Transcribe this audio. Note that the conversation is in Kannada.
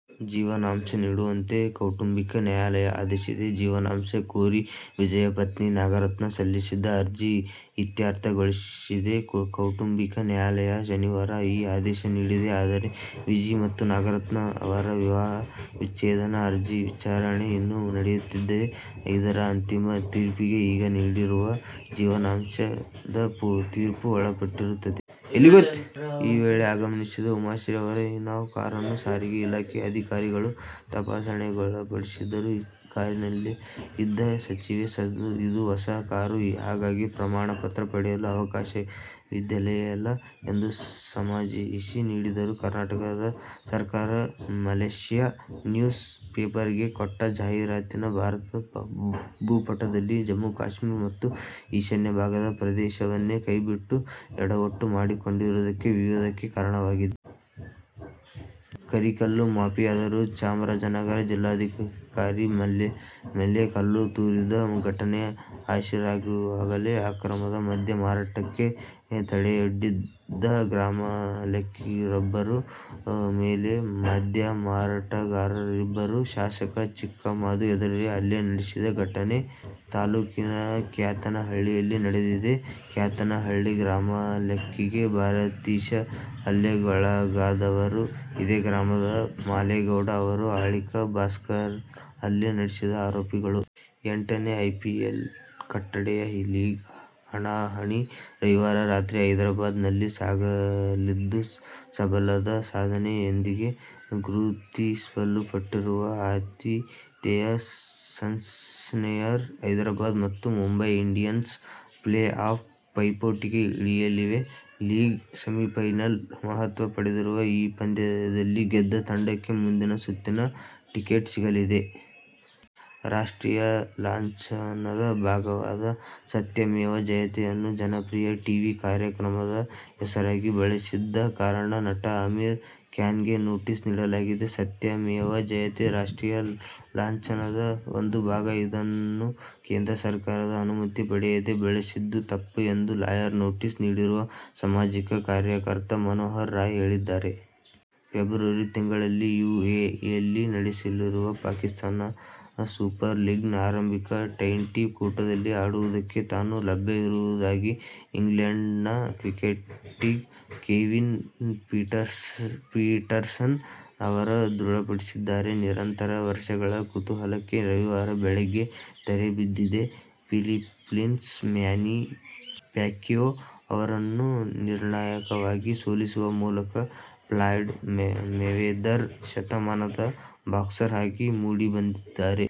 ಜೀವನಾಂಶ ನೀಡುವಂತೆ ಕೌಟುಂಬಿಕ ನ್ಯಾಯಾಲಯ ಆದೇಶಿಸಿದೆ. ಜೀವನಾಂಶ ಕೋರಿ ವಿಜಯ್ ಪತ್ನಿ ನಾಗರತ್ನ ಸಲ್ಲಿಸಿದ್ದ ಅರ್ಜಿ ಇತ್ಯರ್ಥಗೊಳಿಸಿದ ಕೌಟುಂಬಿಕ ನ್ಯಾಯಾಲಯ ಶನಿವಾರ ಈ ಆದೇಶ ನೀಡಿದೆ. ಆದರೆ ವಿಜಿ ಮತ್ತು ನಾಗರತ್ನ ಅವರ ವಿವಾಹ ವಿಚ್ಛೇದನ ಅರ್ಜಿ ವಿಚಾರಣೆ ಇನ್ನೂ ನಡೆಯುತ್ತಿದೆ. ಇದರ ಅಂತಿಮ ತೀರ್ಪಿಗೆ ಈಗ ನೀಡಿರುವ ಜೀವನಾಂಶದ ತೀರ್ಪು ಒಳಪಟ್ಟಿರುತ್ತದೆ. ಈ ವೇಳೆ ಆಗಮಿಸಿದ ಉಮಾಶ್ರೀ ಅವರ ಇನೋವಾ ಕಾರನ್ನು ಸಾರಿಗೆ ಇಲಾಖೆ ಅಧಿಕಾರಿಗಳು ತಪಾಸಣೆಗೊಳಪಡಿಸಿದರು. ಕಾರಿನಲ್ಲೇ ಇದ್ದ ಸಚಿವೆ, "ಇದು ಹೊಸ ಕಾರು. ಹಾಗಾಗಿ, ಪ್ರಮಾಣಪತ್ರ ಪಡೆಯಲು ಅವಕಾಶವಿದೆಯಲ್ಲಾ? ' ಎಂದು ಸಮಜಾಯಿಷಿ ನೀಡಿದರು. ಕರ್ನಾಟಕ ಸರ್ಕಾರ ಮಲೇಷ್ಯಾ ನ್ಯೂಸ್ ಪೇಪರ್ ಗೆ ಕೊಟ್ಟ ಜಾಹೀರಾತಿನ ಭಾರತದ ಭೂಪಟದಲ್ಲಿ ಜಮ್ಮು-ಕಾಶ್ಮೀರ ಮತ್ತು ಈಶಾನ್ಯ ಭಾಗದ ಪ್ರದೇಶವನ್ನೇ ಕೈಬಿಟ್ಟು ಯಡವಟ್ಟು ಮಾಡಿಕೊಂಡಿರುವುದು ವಿವಾದಕ್ಕೆ ಕಾರಣವಾಗಿದೆ. ಕರಿ ಕಲ್ಲು ಮಾಫಿಯಾದವರು ಚಾಮರಾಜನಗರ ಜಿಲ್ಲಾಧಿಕಾರಿ ಮೇಲೆ ಕಲ್ಲು ತೂರಿದ್ದ ಘಟನೆ ಹಸಿರಾಗಿರುವಾಗಲೇ, ಅಕ್ರಮ ಮದ್ಯ ಮಾರಾಟಕ್ಕೆ ತಡೆಯೊಡ್ಡಿದಗ್ರಾಮಲೆಕ್ಕಿಗರೊಬ್ಬರ ಮೇಲೆ ಮದ್ಯಮಾರಾಟಗಾರರಿಬ್ಬರು ಶಾಸಕ ಚಿಕ್ಕಮಾದು ಎದುರೇ ಹಲ್ಲೆ ನಡೆಸಿದ ಘಟನೆ ತಾಲೂಕಿನ ಕ್ಯಾತನಹಳ್ಳಿಯಲ್ಲಿ ನಡೆದಿದೆ. ಕ್ಯಾತನಹಳ್ಳಿ ಗ್ರಾಮಲೆಕ್ಕಿಗ ಭಾರತೀಶ ಹಲ್ಲೆಗೊಳಗಾದವರು. ಇದೇ ಗ್ರಾಮದ ಮಾಲೇಗೌಡ, ಅವರ ಅಳಿಕ ಭಾಸ್ಕರ್ ಹಲ್ಲೆ ನಡೆಸಿದ ಆರೋಪಿಗಳು. ಎಂಟನೇ ಐಪಿಎಲ್ನ ಕಟ್ಟಕಡೆಯ ಲೀಗ್ ಹಣಾಹಣಿ ರವಿವಾರ ರಾತ್ರಿ ಹೈದರಾಬಾದ್ ನಲ್ಲಿ ಸಾಗಲಿದ್ದು, ಸಬಬಲದ ಸಾಧನೆ ಯೊಂದಿಗೆ ಗುರುತಿಸಲ್ಪಟ್ಟಿರುವ ಆತಿ ಥೇಯ ಸನ್ರೈಸರ್ ಹೈದರಾಬಾದ್ ಮತ್ತು ಮುಂಬೈ ಇಂಡಿಯನ್ಸ್ ಪ್ಲೇ- ಆಫ್ ಪೈಪೋಟಿಗೆ ಇಳಿಯಲಿವೆ. "ಲೀಗ್ ಸೆಮಿಫೈನಲ್' ಮಹತ್ವ ಪಡೆದಿರುವ ಈ ಪಂದ್ಯದಲ್ಲಿ ಗೆದ್ದ ತಂಡಕ್ಕೆ ಮುಂದಿನ ಸುತ್ತಿನ ಟಿಕೆಟ್ ಸಿಗಲಿದೆ. ರಾಷ್ಟ್ರೀಯ ಲಾಂಛನದ ಭಾಗವಾದ "ಸತ್ಯಮೇವ ಜಯತೆ'ಯನ್ನು ಜನಪ್ರಿಯ ಟೀವಿ ಕಾರ್ಯಕ್ರಮದ ಹೆಸರಾಗಿ ಬಳಸಿದ್ದ ಕಾರಣ ನಟ ಅಮೀರ್ ಖಾನ್ಗೆ ನೋಟಿಸ್ ನೀಡಲಾಗಿದೆ. ಸತ್ಯಮೇವ ಜಯತೇ ರಾಷ್ಟ್ರೀಯ ಲಾಂಛನದ ಒಂದು ಭಾಗ, ಇದನ್ನು ಕೇಂದ್ರ ಸರ್ಕಾರದ ಅನುಮತಿ ಪಡೆಯದೇ ಬಳಸಿದ್ದು ತಪ್ಪು ಎಂದು ಲಾಯರ್ ನೋಟಿಸ್ ನೀಡಿರುವ ಸಾಮಾಜಿಕ ಕಾರ್ಯಕರ್ತ ಮನೋಹರ್ ರಾಯ್ ಹೇಳಿದ್ದಾರೆ. ಫೆಬ್ರವರಿ ತಿಂಗಳಲ್ಲಿ ಯುಎಇಯಲ್ಲಿ ನಡೆಯಲಿರುವ ಪಾಕಿಸ್ಥಾನ್ ಸೂಪರ್ ಲೀಗ್ನ ಆರಂಭಿಕ ಟ್ವೆಂಟಿ ಕೂಟದಲ್ಲಿ ಆಡುವುದಕ್ಕೆ ತಾನು ಲಭ್ಯವಿರುವುದಾಗಿ ಇಂಗ್ಲೆಂಡ್ನ ಕ್ರಿಕೆಟಿಗ ಕೆವಿನ್ ಪೀಟರ್ಸನ್ ಅವರು ದೃಢಪಡಿಸಿದ್ದಾರೆ. ನಿರಂತರ ವರ್ಷಗಳ ಕುತೂಹಲಕ್ಕೆ ರವಿವಾರ ಬೆಳಗ್ಗೆ ತೆರೆಬಿದ್ದಿದೆ. ಫಿಲಿಪ್ಪೀನ್ಸ್ನ ಮ್ಯಾನಿ ಪ್ಯಾಕ್ವಿಯೋ ಅವರನ್ನು ನಿರ್ಣಾಯಕವಾಗಿ ಸೋಲಿಸುವ ಮೂಲಕ ಫ್ಲಾಯ್ಡ ಮೇವೆದರ್ ಶತಮಾನದ ಬಾಕ್ಸರ್ ಆಗಿ ಮೂಡಿಬಂದಿದ್ದಾರೆ.